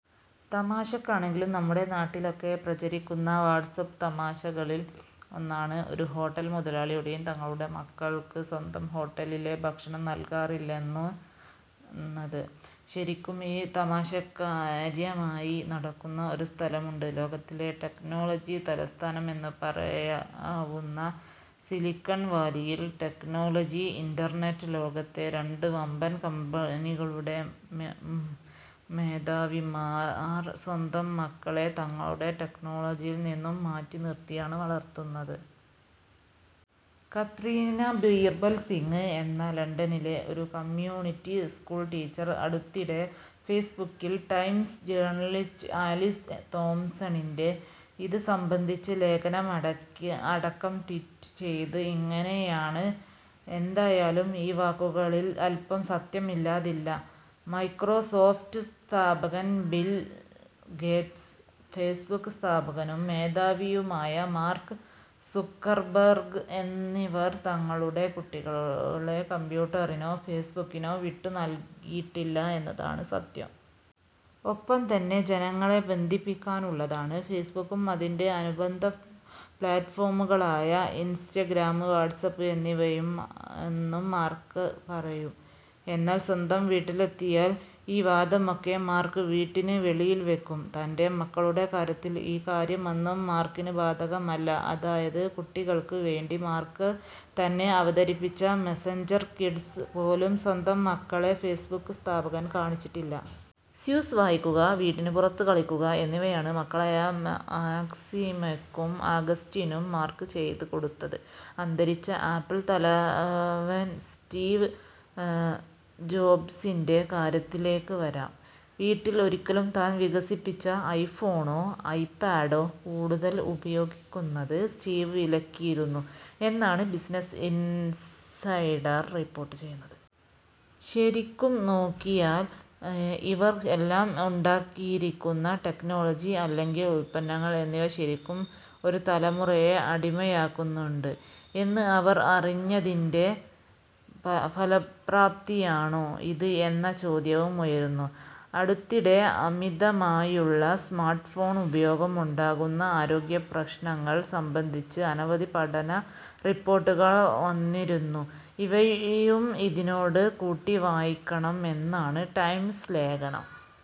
തമാശയ്ക്കാണെങ്കിലും നമ്മുടെ നാട്ടിലൊക്കെ പ്രചരിക്കുന്ന വാട്ട്സ്ആപ്പ് തമാശകളിൽ ഒന്നാണ് ഒരു ഹോട്ടൽ മുതലാളിയും തങ്ങളുടെ മക്കൾക്ക് സ്വന്തം ഹോട്ടലിലെ ഭക്ഷണം നൽകാറില്ലെന്നത്. ശരിക്കും ഈ തമാശകാര്യമായി നടക്കുന്ന ഒരു സ്ഥലമുണ്ട്, ലോകത്തിൻറെ ടെക്നോളജി തലസ്ഥാനം എന്ന് പറയാവുന്ന സിലിക്കൺവാലിയിൽ. ടെക്നോളജി, ഇൻറർനെറ്റ് ലോകത്തെ രണ്ട് വമ്പൻ കമ്പനികളുടെ മേധാവിമാർ സ്വന്തം മക്കളെ തങ്ങളുടെ ടെക്നോളജിയിൽ നിന്നും മാറ്റിനിർത്തിയാണ് വളർത്തുന്നത്. കത്രീന ബീർബൽ സിംഗ് എന്ന ലണ്ടനിലെ ഒരു കമ്യൂണിറ്റി സ്കൂൾ ടീച്ചർ അടുത്തിടെ ഫേസ്ബുക്കിൽ ടൈംസ് ജേർണലിസ്റ്റ് ആലീസ് തോംസണിൻറെ ഇത് സംബന്ധിച്ച ലേഖനം അടക്കി അടക്കം ട്വീറ്റ് ചെയ്തത് ഇങ്ങനെയാണ് എന്തായാലും ഈ വാക്കുകളിൽ അൽപ്പം സത്യം ഇല്ലാതില്ല. മൈക്രോസോഫ്റ്റ് സ്ഥാപകൻ ബിൽ ഗേറ്റ്സ്, ഫേസ്ബുക്ക് സ്ഥാപകനും മേധാവിയുമായ മാർക്ക് സുക്കർബർഗ് എന്നിവർ തങ്ങളുടെ കുട്ടികളെ കമ്പ്യൂട്ടറിനോ ഫേസ്ബുക്കിനോ വിട്ടുനൽകിയിട്ടില്ല എന്നതാണ് സത്യം. ഒപ്പം തന്നെ ജനങ്ങളെ ബന്ധിപ്പിക്കാനുള്ളതാണ് ഫേസ്ബുക്കും, അതിൻറെ അനുബന്ധ പ്ലാറ്റ്ഫോമുകളായ ഇൻസ്റ്റഗ്രാം, വാട്ട്സ്ആപ്പ് എന്നിവയെന്നും മാർക്ക് പറയും. എന്നാൽ സ്വന്തം വീട്ടിലെത്തിയാൽ ഈ വാദമൊക്കെ മാർക്ക് വീട്ടിന് വെളിയിൽ വയ്ക്കും. തൻറെ മക്കളുടെ കാര്യത്തിൽ ഈ കാര്യമൊന്നും മാർക്കിന് ബാധകമല്ല. അതായത് കുട്ടികൾക്ക് വേണ്ടി മാർക്ക് തന്നെ അവതരിപ്പിച്ച മെസഞ്ചർ കിഡ്സ് പോലും സ്വന്തം മക്കളെ ഫേസ്ബുക്ക് സ്ഥാപകൻ കാണിച്ചിട്ടില്ല. ഡോ. സ്യൂസ് വായിക്കുക, വീട്ടിന് പുറത്ത് കളിക്കുക എന്നിവയാണ് മക്കളായ മാക്സിമയ്ക്കും, ആഗസ്റ്റിനും മാർക്ക് ചെയ്ത് കൊടുക്കുന്നത്. അന്തരിച്ച ആപ്പിൾ തലവൻ സ്റ്റീവ് ജോബ്സിൻറെ കാര്യത്തിലേക്ക് വരാം. വീട്ടിൽ ഒരിക്കലും താൻ വികസിപ്പിച്ച ഐഫോണോ, ഐപാഡോ കൂടുതൽ ഉപയോഗിക്കുന്നത് സ്റ്റീവ് വിലക്കിയിരുന്നു എന്നാണ് ബിസിനസ് ഇൻസൈഡർ റിപ്പോർട്ട് ചെയ്യുന്നത്. ശരിക്കും നോക്കിയാൽ ഇവർ എല്ലാം ഉണ്ടാക്കിയിരിക്കുന്ന ടെക്നോളജി, അല്ലെങ്കിൽ ഉത്പന്നങ്ങൾ എന്നിവ ശരിക്കും ഒരു തലമുറയെ അടിമയാക്കുന്നുണ്ട് എന്ന് അവർ അറിഞ്ഞതിൻറെ ഫലപ്രാപ്തിയാണോ ഇത് എന്ന ചോദ്യവും ഉയരുന്നു. അടുത്തിടെ അമിതമായുള്ള സ്മാർട്ട്ഫോൺ ഉപയോഗം ഉണ്ടാക്കുന്ന ആരോഗ്യപ്രശ്നങ്ങൾ സംബന്ധിച്ച് അനവധി പഠന റിപ്പോർട്ടുകൾ വന്നിരുന്നു ഇവയും ഇതിനോട് കൂട്ടിവായിക്കണം എന്നാണ് ടൈംസ് ലേഖനം